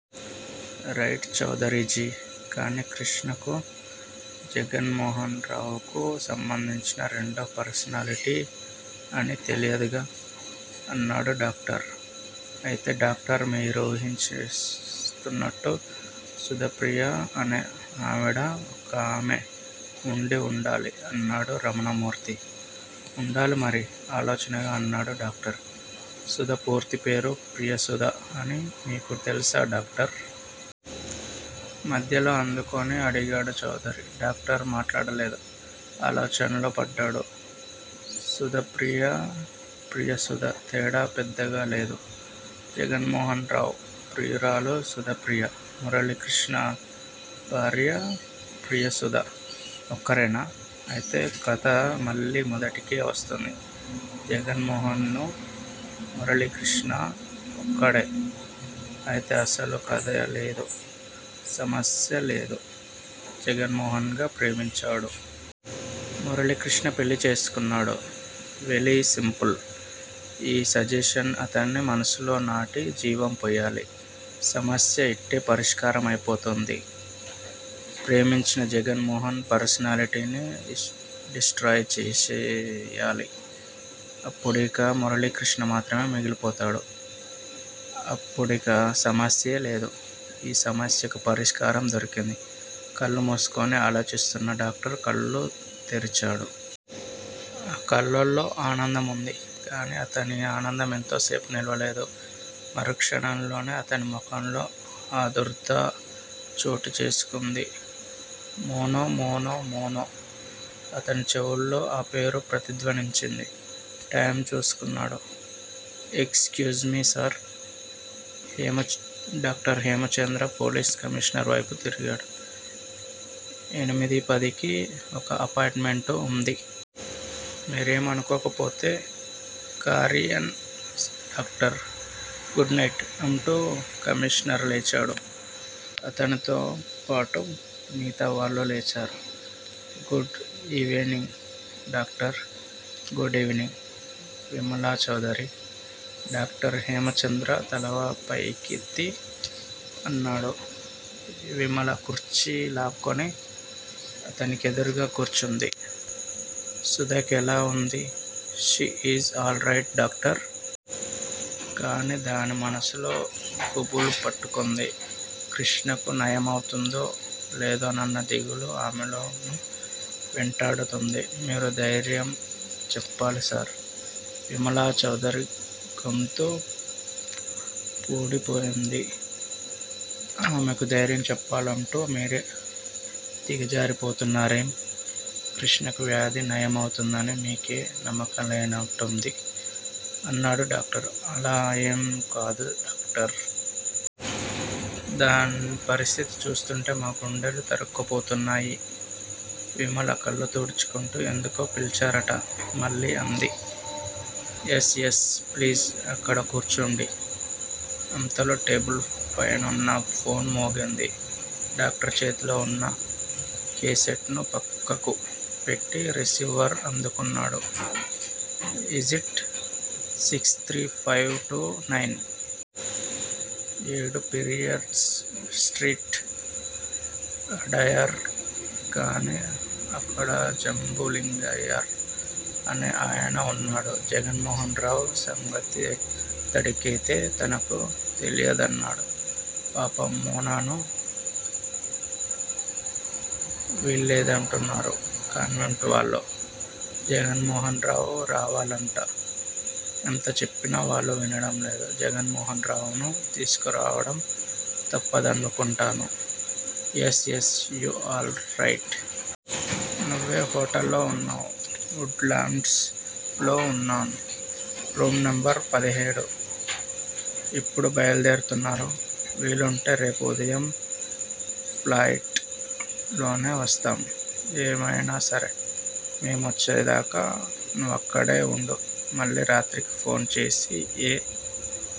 Right Chaudhary ji! కాని కృష్ణకు, జగన్మోహనరావుకు సంబంధించిన రెండో పర్సనాలిటీ అని తెలియదుగా? అన్నాడు డాక్టర్. అయితే డాక్టర్ మీరూహిస్తున్నట్టు సుధాప్రియ అనే ఆవిడ ఒకామె ఉండి వుండాలి అన్నాడు రమణమూర్తి. ఉండాలిమరి! ఆలోచనగా అన్నాడు డాక్టర్. సుధ పూర్తిపేరు ప్రియసుధ అని మీకు తెలుసా డాక్టర్? మధ్యలో అందుకొని అడిగాడు చౌదరి. డాక్టర్ మాట్లాడలేదు, ఆలోచనలో పడ్డాడు. సుధాప్రియ ప్రియసుధ! తేడా పెద్దగాలేదు. జగన్మోహన్ రావు ప్రియురాలు సుధాప్రియా, మురళీకృష్ణ భార్య ప్రియసుధా ఒక్కరేనా? ఐతే కథ మళ్ళీ మొదటికే వస్తుంది. జగన్మోహనూ, మురళీకృష్ణా ఒక్కడే. ఐతే అసలు కథేలేదు. సమస్యేలేదు! జగన్మోహన్ గా ప్రేమించాడు. మురళీకృష్ణ పెళ్ళిచేసుకున్నాడు. వెలీసింపుల్! ఈ సజెషన్ అతని మనసులో నాటి జీవం పొయ్యాలి. సమస్య యిట్టే పరిష్కారమైపోతుంది. ప్రేమించిన జగన్మోహన్ పర్సనాలిటీని డిస్ట్రాయ్ చేసెయ్యాలి. అప్పుడు యిక మురళీకృష్ణ మాత్రమే మిగిలిపోతాడు. అపుడిక సమస్యేలేదు. ఈ సమస్యకు పరిష్కారం దొరికింది. కళ్ళుమూసుకొని ఆలోచిస్తున్న డాక్టర్ కళ్ళు తెరిచాడు. ఆ కళ్ళల్లో ఆనందముంది. కానీ అతని ఆనందమెంతోసేపు నిలవలేదు. మరుక్షణంలోనే అతని ముఖంలో ఆదుర్దా చోటుచేసుకొంది. మోనో! మోనో! మోనో! అతని చెవుల్లో ఆపేరు ప్రతిధ్వనించింది. టైమ్ చూసుకున్నాడు. Excuse me sir! Doctor Hemachandra police కమీషనరువైపు తిరిగాడు. ఎనిమిదీపదికి ఒక అపాయింటుమెంటు ఉంది. మీరేమనుకోకపోతే? Carry on doctor? Good night! అంటూ కమీషనరు లేచాడు. అతనితోపాటు మిగతావాళ్ళూ లేచారు. Good evening doctor! Good evening Vimala Chaudhary! Doctor Hemachandra తలపైకెత్తి అన్నాడు. విమల కుర్చీ లాక్కొని అతడికెదురుగా కూర్చుంది. సుధకెలా ఉంది? She is all right doctor! కానీ దాని మనసులో గుబులు పట్టుకొంది. కృష్ణకు నయమౌతుందో లేదోనన్న దిగులు ఆమెను వెంటాడుతోంది. మీరు ధైర్యం చెప్పాలి సార్! విమలాచౌదరి గొంతు పూడిపోయింది. ఆమెకు ధైర్యం చెప్పాలంటూ మీరే దిగజారిపోతున్నారే? కృష్ణకు వ్యాధి నయమౌతుందని మీకే నమ్మకం లేనట్టుంది అన్నాడు డాక్టర్. అలా ఏంకాదు డాక్టర్. దాని పరిస్థితి చూస్తూంటే మా గుండెలు తరుక్కుపోతున్నాయి. విమల కళ్ళుతుడుచుకుంటూ ఎందుకో పిల్చారట మళ్ళీ అంది. యస్. యస్. ప్లీజ్! అక్కడ కూర్చోండి. అంతలో టేబుల్ పైనున్న ఫోను మోగింది. డాక్టర్ చేతిలో ఉన్న కేసెట్ ను పక్కకు పెట్టి రిసీవర్ అందుకున్నాడు. Is it six three five two nine? ఏడు పెరియార్ స్ట్రీట్, అడయార్. కానీ అక్కడ జంబులింగయ్యర్ అనే ఆయన ఉన్నాడు. జగన్మోహన్ రావు సంగతడిగితే తనకు తెలియదన్నాడు. పాప మోనాను! వీల్లేదంటున్నారు కాన్వెంటువాళ్ళు. జగన్మోహన్ రావ్ రావాలట. ఎంతచెప్పినా వాళ్ళు వినడంలేదు. జగన్మోహన్ రావును తీసుకురావడం తప్పదనుకొంటాను. Yes, yes. You all right! నువ్వే హోటల్లో ఉన్నావ్? ఉడ్ లాండ్సు లో ఉన్నా? Room number? పదిహేడు. ఇప్పుడు బయలుదేరుతున్నాను? వీలుంటే రేపు ఉదయం ఫ్లయిట్ లోనే వస్తాం. ఏమైనాసరే మేమొచ్చేదాకా నువ్వక్కడే ఉండు మళ్ళీ రాత్రికి ఫోన్ చేసి ఏ